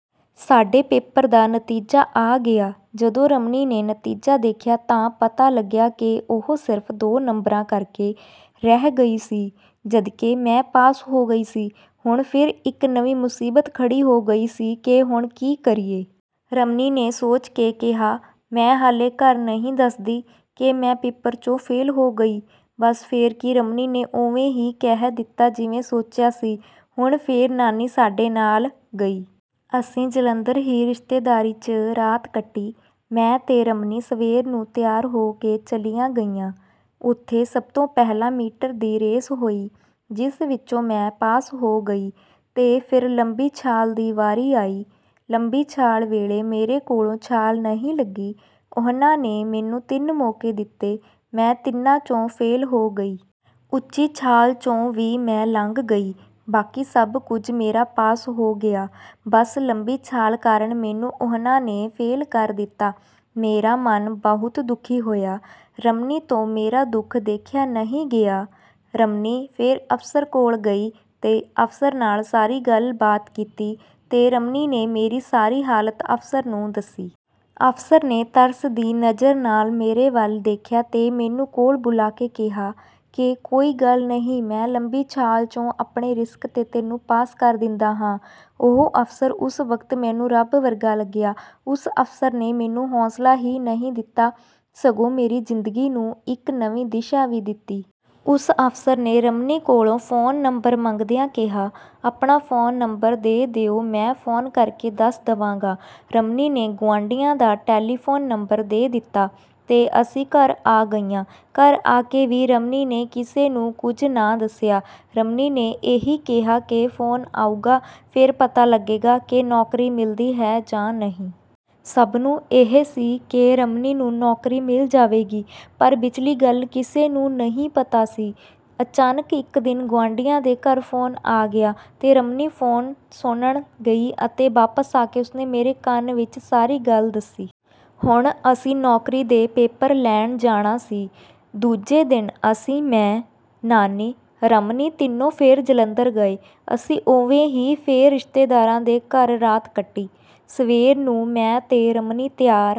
ਸਾਡੇ ਪੇਪਰ ਦਾ ਨਤੀਜਾ ਆ ਗਿਆ, ਜਦੋਂ ਰਮਨੀ ਨੇ ਨਤੀਜਾ ਦੇਖਿਆ ਤਾਂ ਪਤਾ ਲੱਗਿਆ ਕਿ ਉਹ ਸਿਰਫ਼ ਦੋ ਨੰਬਰਾਂ ਕਰਕੇ ਰਹਿ ਗਈ ਸੀ, ਜਦਕਿ ਮੈਂ ਪਾਸ ਹੋ ਗਈ ਸੀ। ਹੁਣ ਫਿਰ ਇੱਕ ਨਵੀਂ ਮੁਸੀਬਤ ਖੜੀ ਹੋ ਗਈ ਸੀ ਕਿ ਹੁਣ ਕੀ ਕਰੀਏ? ਰਮਨੀ ਨੇ ਸੋਚ ਕੇ ਕਿਹਾ, ਮੈਂ ਹਾਲੇ ਘਰ ਨਹੀਂ ਦੱਸਦੀ ਕਿ ਮੈਂ ਪੇਪਰ ਚੋਂ ਫੇਲ੍ਹ ਹੋ ਗਈ, ਬਸ ਫੇਰ ਕੀ ਰਮਨੀ ਨੇ ਉਵੇਂ ਹੀ ਕਹਿ ਦਿੱਤਾ ਜਿਵੇਂ ਸੋਚਿਆ ਸੀ, ਹੁਣ ਫੇਰ ਨਾਨੀ ਸਾਡੇ ਨਾਲ ਗਈ। ਅਸੀਂ ਜਲੰਧਰ ਹੀ ਰਿਸ਼ਤੇਦਾਰੀ 'ਚ ਰਾਤ ਕੱਟੀ, ਮੈਂ ਤੇ ਰਮਨੀ ਸਵੇਰ ਨੂੰ ਤਿਆਰ ਹੋ ਕੇ ਚਲੀਆਂ ਗਈਆਂ, ਉੱਥੇ ਸਭ ਤੋਂ ਪਹਿਲਾਂ ਮੀਟਰ ਦੀ ਰੇਸ ਹੋਈ, ਜਿਸ ਵਿੱਚੋਂ ਮੈਂ ਪਾਸ ਹੋ ਗਈ। ਤੇ ਫੇਰ ਲੰਬੀ ਛਾਲ ਦੀ ਵਾਰੀ ਆਈ, ਲੰਬੀ ਛਾਲ ਵੇਲੇ ਮੇਰੇ ਕੋਲੋਂ ਛਾਲ ਨਹੀਂ ਲੱਗੀ, ਉਹਨਾਂ ਨੇ ਮੈਨੂੰ ਤਿੰਨ ਮੌਕੇ ਦਿੱਤੇ ਮੈਂ ਤਿੰਨਾਂ ਚੋਂ ਫੇਲ੍ਹ ਹੋ ਗਈ। ਉੱਚੀ ਛਾਲ ਚੋਂ ਵੀ ਮੈਂ ਲੰਘ ਗਈ, ਬਾਕੀ ਸਭ ਕੁਝ ਮੇਰਾ ਪਾਸ ਹੋ ਗਿਆ, ਬਸ ਲੰਬੀ ਛਾਲ ਕਾਰਨ ਮੈਨੂੰ ਉਹਨਾਂ ਨੇ ਫੇਲ ਕਰ ਦਿੱਤਾ। ਮੇਰਾ ਮਨ ਬਹੁਤ ਦੁੱਖੀ ਹੋਇਆ, ਰਮਨੀ ਤੋਂ ਮੇਰਾ ਦੁੱਖ ਦੇਖਿਆ ਨਹੀਂ ਗਿਆ, ਰਮਨੀ ਫੇਰ ਅਫਸਰ ਕੋਲ ਗਈ ਤੇ ਅਫਸਰ ਨਾਲ ਸਾਰੀ ਗੱਲਬਾਤ ਕੀਤੀ ਤੇ ਰਮਨੀ ਨੇ ਮੇਰੀ ਸਾਰੀ ਹਾਲਤ ਅਫਸਰ ਨੂੰ ਦੱਸੀ। ਅਫਸਰ ਨੇ ਤਰਸ ਦੀ ਨਜ਼ਰ ਨਾਲ ਮੇਰੇ ਵੱਲ ਦੇਖਿਆ ਤੇ ਮੈਨੂੰ ਕੋਲ ਬੁਲਾ ਕੇ ਕਿਹਾ ਕਿ ਕੋਈ ਗੱਲ ਨਹੀਂ ਮੈਂ ਲੰਬੀ ਛਾਲ ਚੋਂ ਆਪਣੇ ਰਿਸਕ ਤੇ ਤੈਨੂੰ ਪਾਸ ਕਰ ਦਿੰਦਾ ਹਾਂ, ਉਹ ਅਫਸਰ ਉਸ ਵਕਤ ਮੈਨੂੰ ਰੱਬ ਵਰਗਾ ਲੱਗਿਆ, ਉਸ ਅਫਸਰ ਨੇ ਮੈਨੂੰ ਹੌਸਲਾ ਹੀ ਨਹੀਂ ਦਿੱਤਾ, ਸਗੋਂ ਮੇਰੀ ਜ਼ਿੰਦਗੀ ਨੂੰ ਇੱਕ ਨਵੀਂ ਦਿਸ਼ਾ ਵੀ ਦਿੱਤੀ। ਉਸ ਅਫਸਰ ਨੇ ਰਮਨੀ ਕੋਲੋਂ ਫੋਨ ਨੰਬਰ ਮੰਗਦਿਆਂ ਕਿਹਾ ਆਪਣਾ ਫੋਨ ਨੰਬਰ ਦੇ ਦਿਓ ਮੈਂ ਫੋਨ ਕਰਕੇ ਦੱਸ ਦਵਾਂਗਾ। ਰਮਨੀ ਨੇ ਗੁਆਂਢੀਆਂ ਦਾ ਟੈਲੀਫੋਨ ਨੰਬਰ ਦੇ ਦਿੱਤਾ, ਤੇ ਅਸੀਂ ਘਰ ਆ ਗਈਆਂ। ਘਰ ਆ ਕੇ ਵੀ ਰਮਨੀ ਨੇ ਕਿਸੇ ਨੂੰ ਕੁਝ ਨਾ ਦੱਸਿਆ, ਰਮਨੀ ਨੇ ਇਹੀ ਕਿਹਾ ਕਿ ਫੋਨ ਆਉਗਾ ਫਿਰ ਪਤਾ ਲੱਗੇਗਾ ਕਿ ਨੌਕਰੀ ਮਿਲਦੀ ਹੈ ਜਾਂ ਨਹੀਂ। ਸਭ ਨੂੰ ਇਹ ਸੀ ਕਿ ਰਮਨੀ ਨੂੰ ਨੌਕਰੀ ਮਿਲ ਜਾਵੇਗੀ ਪਰ ਵਿਚਲੀ ਗੱਲ ਕਿਸੇ ਨੂੰ ਨਹੀਂ ਪਤਾ ਸੀ, ਅਚਾਨਕ ਇੱਕ ਦਿਨ ਗੁਆਂਢੀਆਂ ਦੇ ਘਰ ਫੋਨ ਆ ਗਿਆ, ਤੇ ਰਮਨੀ ਫੋਨ ਸੁਣਨ ਗਈ ਅਤੇ ਵਾਪਸ ਆ ਕੇ ਉਸ ਨੇ ਮੇਰੇ ਕੰਨ ਵਿੱਚ ਸਾਰੀ ਗੱਲ ਦੱਸੀ। ਹੁਣ ਅਸੀਂ ਨੌਕਰੀ ਦੇ ਪੇਪਰ ਲੈਣ ਜਾਣਾ ਸੀ, ਦੂਜੇ ਦਿਨ ਅਸੀਂ ਮੈਂ, ਨਾਨੀ, ਰਮਨੀ ਤਿੰਨੋਂ ਫੇਰ ਜਲੰਧਰ ਗਏ, ਅਸੀਂ ਉਵੇਂ ਹੀ ਫੇਰ ਰਿਸ਼ਤੇਦਾਰਾਂ ਦੇ ਘਰ ਰਾਤ ਕੱਟੀ, ਸਵੇਰ ਨੂੰ ਮੈਂ ਤੇ ਰਮਨੀ ਤਿਆਰ